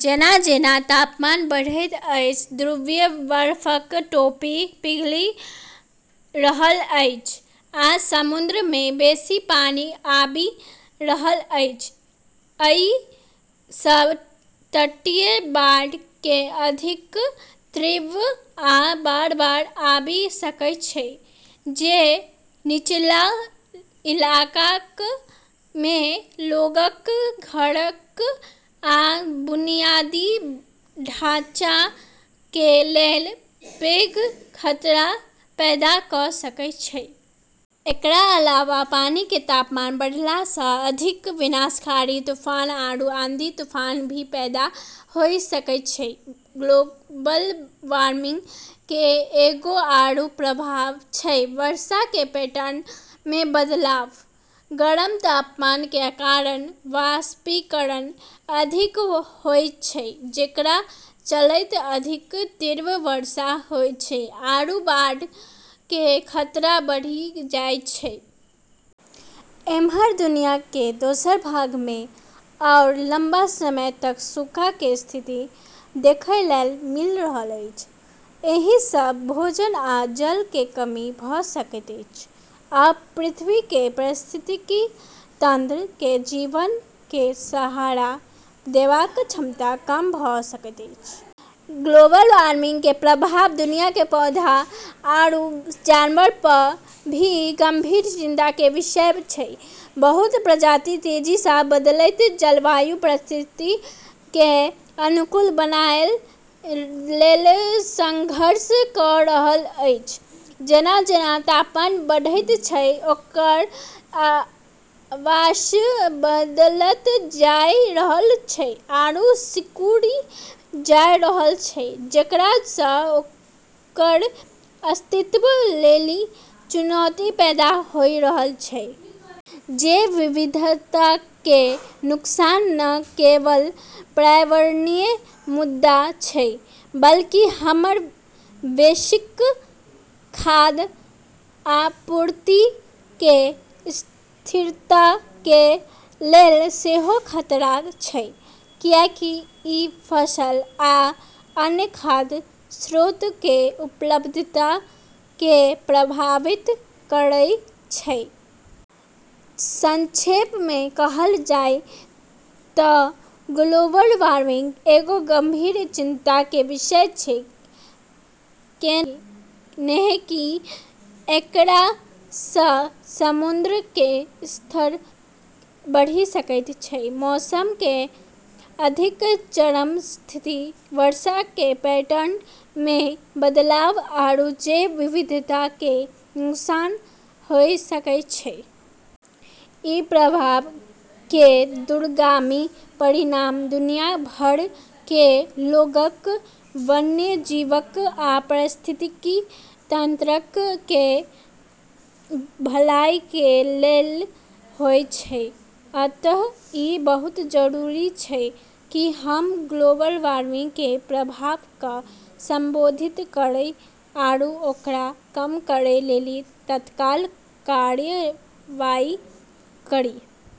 जेना-जेना तापमान बढ़ैत अछि, ध्रुवीय बर्फक टोपी पिघलि रहल अछि आ समुद्र मे बेसी पानि आबि रहल अछि। अइ सं तटीय बाढ़ के अधिक तीव्र आ बार-बार आबि सकै छै, जे निचला इलाकाक मे लोगक, घरक आ बुनियादी ढाँचा के लेल पैघ खतरा पैदा क सकै छै। एकरा अलावा पानी के तापमान बढ़ला स अधिक विनाशकारी तूफान आरू आंधी-तूफान भी पैदा होय सकै छै। ग्लोबल वार्मिंग के एगो आरू प्रभाव छै वर्षा के पैटर्न मे बदलाव। गर्म तापमान के कारण वाष्पीकरण अधिक होय छै, जेकरा चलतें अधिक तीव्र वर्षा होय छै आरू बाढ़ के खतरा बढ़ी जाय छै। एम्हर दुनिया के दोसर भाग मे आओर लंबा समय तक सूखा के स्थिति देखय लेल मिल रहल अछि। एहि सं भोजन आ जल के कमी भ सकैत अछि, आ पृथ्वी के पारिस्थितिकी तंत्र के जीवन के सहारा देबाक क्षमता कम भ सकैत अछि। ग्लोबल वार्मिंग के प्रभाव दुनिया के पौधा आरू जानवर प भी गंभीर चिंता के विषय छै। बहुत प्रजाति तेजी सं बदलैत जलवायु परिस्थिति के अनुकूल बनय लेल संघर्ष क रहल अछि। जेना-जेना तापमान बढ़ै छै, ओकर आवास बदलत जाय रहल छै आरू सिकुड़ी जाय रहल छै, जेकरा स ओकर अस्तित्व लेली चुनौती पैदा होय रहल छै। जैव विविधता के नुकसान न केवल पर्यावरणीय मुद्दा छै, बल्कि हमर वैश्विक खाद्य आपूर्ति के स्थिरता के लेल सेहो खतरा छै, कियाकि इ फसल आ अन्य खाद्य स्रोत के उपलब्धता के प्रभावित करएत छै। संक्षेप मे कहल जाय त ग्लोबल वार्मिंग एगो गंभीर चिंता के विषय छै, कैन्हेंकि एकरा स समुद्र के स्तर बढ़ी सकै छै, मौसम के अधिक चरम स्थिति, वर्षा के पैटर्न मे बदलाव, आरू जैव विविधता के नुकसान होय सकै छै। इ प्रभावक के दूरगामी परिणाम दुनिया भर के लोगक, वन्यजीवक आ पारिस्थितिकी तंत्रक के भलाई के लेल होयत छै। अतः ई बहुत जरूरी छै कि हम ग्लोबल वार्मिंग के प्रभाव क संबोधित करै आरू ओकरा कम करै लेली तत्काल कार्रवाई करी।